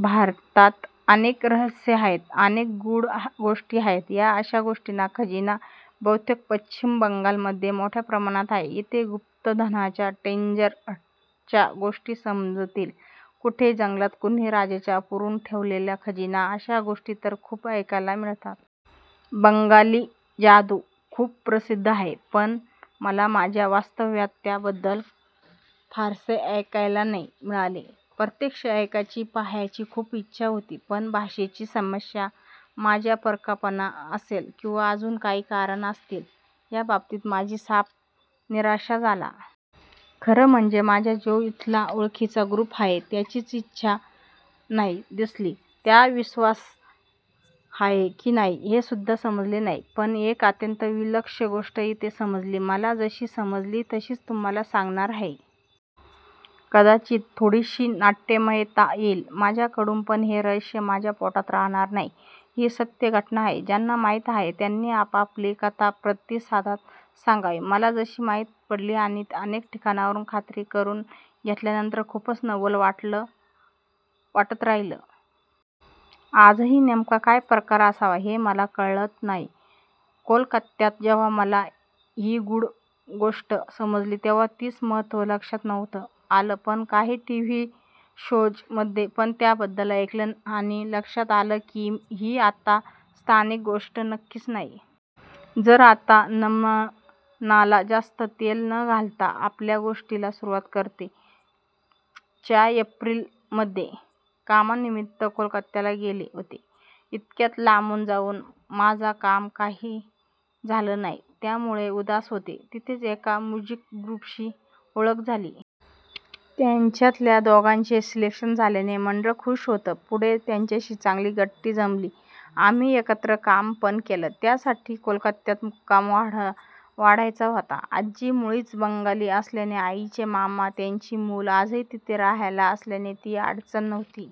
भारतात अनेक रहस्यं आहेत. अनेक गूढ गोष्टी आहेत. या अशा गोष्टींचा खजिना बहुतेक पश्चिम बंगाल मधे मोठ्या प्रमाणात आहे. इथे गुप्त धनाच्या, ट्रेजर हंटच्या गोष्टी समजतील, कुठे जंगलात कुणा राजाचा पुरून ठेवलेला खजिना अशा गोष्टी तर खूप ऐकायला मिळतात. बंगाली जादू खूप प्रसिद्ध आहे. पण मला माझ्या वास्तव्यात त्याबद्दल फारसे ऐकायला नाही मिळाले. प्रत्यक्ष ऐकायची पहायची खूपच इच्छा होती. पण भाषेची समस्या, माझं परकंपण असेल किंवा अजून काही कारणं असतील या बाबतीत माझी साफ निराशा झाला. खरे म्हणजे माझा जो इथला ओळखीचा ग्रुप आहे त्यांचीच इच्छा नाही दिसली. त्यांचा विश्वास आहे कि नाही हे सुद्धा समजले नाही. पण एक अत्यंत विलक्षण गोष्ट इथे समजली. मला जशी समजली तशीच तुम्हाला सांगणार आहे. कदाचित थोडीशी नाट्यमयता येईल माझ्याकडून. पण हे रहस्य माझ्या पोटात राहणारं नाही. ही सत्य घटना आहे. ज्यांना माहीत आहे त्यांनी आपापली कथा प्रतिसादात सांगावी. मला जशी माहीत पडली आणि अनेक ठिकाणावरून खात्री करून घेतल्यानंतर खूपच नवल वाटत राहीलं. आजही नेमका काय प्रकार असावा हे मला कळत नाही. कोलकात्यात जेव्हां मला ही गूढ गोष्ट समजली तेव्हां तिचं महत्व लक्षात नव्हतं आलं. पण काही टीव्ही शोज मधे पण त्याबद्दल ऐकलं आणि लक्षात आलं की ही आता स्थानिक गोष्ट नक्कीच नाही. तर आता नमनाला जास्त तेल न घालता आपल्या गोष्टीला सुरूवात करते. च्या एप्रिल मधे कामानिमित्त कोलकत्याला गेले होते. इतक्या लांबून जाऊन माझं काम काही झालं नाही. त्यामुळे उदास होते. तिथेच एका म्युझिक ग्रुपशी ओळख झाली. त्यांच्यातल्या दोघांचे सिलेक्शन झाल्याने मंडळ खूष होतं. पुढे त्यांच्याशी चांगली गट्टी जमली. आम्ही एकत्र काम पण केलं. त्यासाठी कोलकात्यात मुक्काम वाढवायचा होता. आजी मूळची बंगाली असल्याने आईचे मामा, त्यांची मुलं आजही तिथे रहायला असल्याने ती अडचण नव्हती.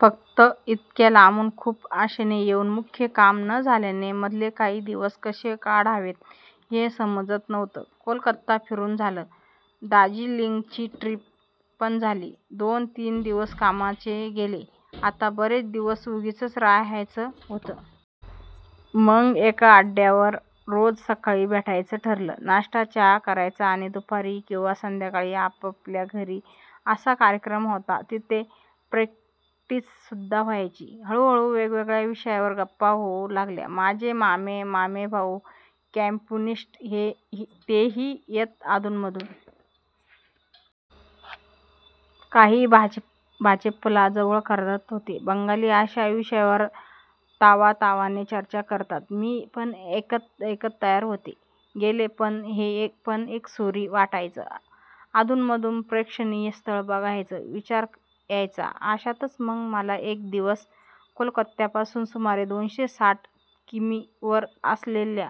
फक्त इतक्या लांबून खूप आशेने येऊन मुख्य काम न झाल्याने मधले काही दिवस कसे काढावेत हे समजत नव्हतं. कोलकाता फिरून झालं. दार्जिलिंगची ट्रीप पण झाली. दोन तीन दिवस कामाचे गेले. आता बरेच दिवस उगीचच रहायचं होतं. मग एका अड्ड्यावर रोज सकाळी भेटायचं ठरलं. नाश्ता चहा करायचा आणि दुपारी किंवा संध्याकाळी आपापल्या घरी असा कार्यक्रम होता. तिथे प्रॅक्टीस सुद्धा व्हायची. हळूहळू वेगवेगळ्या विषयांवर गप्पा होऊ लागल्या. माझे मामे-मामेभाऊ कम्युनिस्ट. ते ही येत अधून मधून. काही भाजपला जवळ करत होते. बंगाली अशा विषयावर तावातावाने चर्चा करतात. मी पण ऐकत ऐकत तयार होते गेले. पण हे पण एकसुरी वाटायचं. अधून मधून प्रेक्षणीय स्थळं बघायचा विचार यायचा. अशातच मग मला एक दिवस कोलकात्यापासून सुमारे दोनशे साठ किमी वर असलेल्या,--